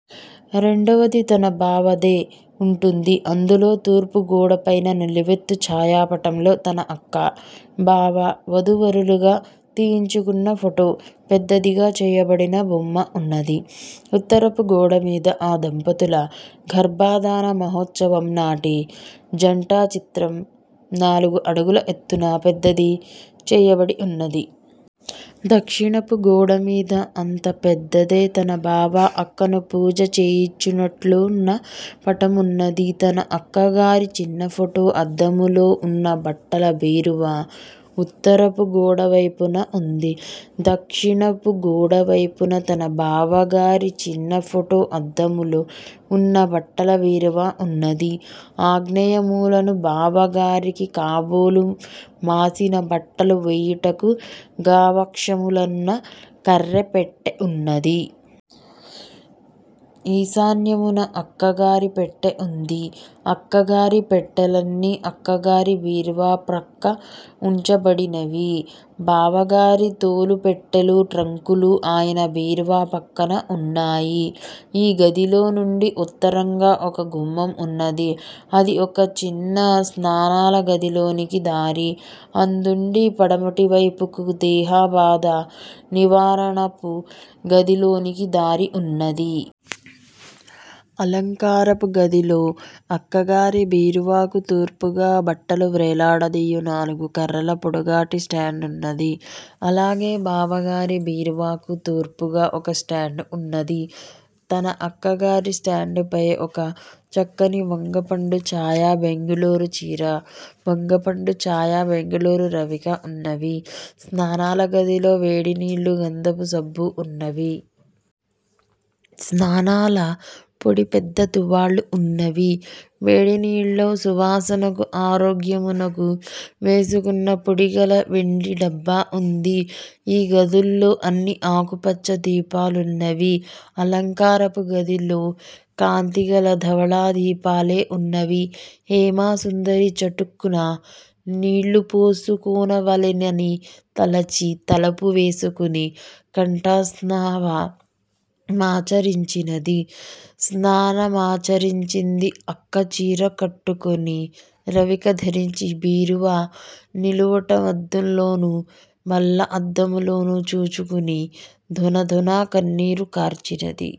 రెండవది తనబావదై ఉంటుంది. అందులో తూర్పు గోడపైన నిలువెత్తు ఛాయాపటంలో తన అక్కా, బావా వధూవరులుగా తీయించుకున్న ఫోటో పెద్దదిగా చేయబడిన బొమ్మ వున్నది. ఉత్తరపు గోడమీద ఆ దంపతుల గర్భాదాన మహోత్సవము నాటి జంట చిత్రము, నాలుగు అడుగుల ఎత్తున పెద్దది చేయబడి వున్నది. దక్షిణపు గోడమీద అంత పెద్దదే తనబావ అక్కను పూజ చేయుచున్నట్లున్న పటమున్నది. తన అక్క్గగారి చిన్నఫోటో అద్దములోవున్న బట్టల బీరువా ఉత్తరపు గోడవైపున వుంది. దక్షిణపు గోడవైపున తన బావగారి చిన్న ఫోటో అద్దములో ఉన్న బట్టల బీరువా ఉన్నది. ఆగ్నేయమూలను బావగారికి కాబోలు మాసినబట్టలు వేయుటకు గవాక్షములున్న కఱ్ఱ పెట్టె ఉన్నది. ఈశాన్యమున అక్కగారి పెట్టె ఉంది. అక్కగారి పెట్టేలన్నీ అక్కగారి బీరువాప్రక్క ఉంచబడినవి. బావగారి తోలుపెట్టెలూ, ట్రంకులూ ఆయన బీరువాప్రక్క ఉన్నాయి. ఈ గదిలోనుండి ఉత్తరంగా ఒక గుమ్మం ఉన్నది. అది ఒక చిన్న స్నానాలగదిలోనికి దారి. అందుండి పడమటివైపుకు దేహబాధా నివారణపు గదిలోనికి దారి ఉన్నది. అలంకారపు గదిలో అక్కగారి బీరువాకు తూర్పుగా బట్టలు వ్రేలాడదీయు నాలుగు కఱ్ఱల పొడుగాటి స్టాండున్నది. అలాగే బావగారి బీరువాకు తూర్పుగా ఒక స్టాండు ఉన్నది. తన అక్కగారి స్టాండుపై ఒక చక్కని వంగపండు చాయ బెంగుళూరు చీరా, వంగపండు చాయ బెంగుళూరు రవికా ఉన్నవి. స్నానాలగదిలో వేడినీళ్ళూ, గంధపు సబ్బూ వున్నవి. స్నానాల పొడీ పెద్ద తువాళ్ళూ వున్నవి. వేడినీళ్ళలో సువాసనకూ ఆరోగ్యమునకూ వేసుకొను పొడిగల వెండి డబ్బా వుంది. ఈ గదులలో అన్నీ ఆకుపచ్చ దీపాలున్నవి. అలంకారపు గదిలో కాంతిగల ధవళదీపాలే వున్నవి. హేమసుందరి చటుక్కున నీళ్ళుపోసుకొనవలెనని తలచి, తలుపు వేసుకొని, కంఠస్నావ మాచరించినది. స్నానమాచరించి, అక్క చీరకట్టుకొని, రవిక ధరించి బీరువా నిలువటద్దములోనూ, బల్ల అద్దములోను చూచికొని, దొనదొన కన్నీరు కార్చినది.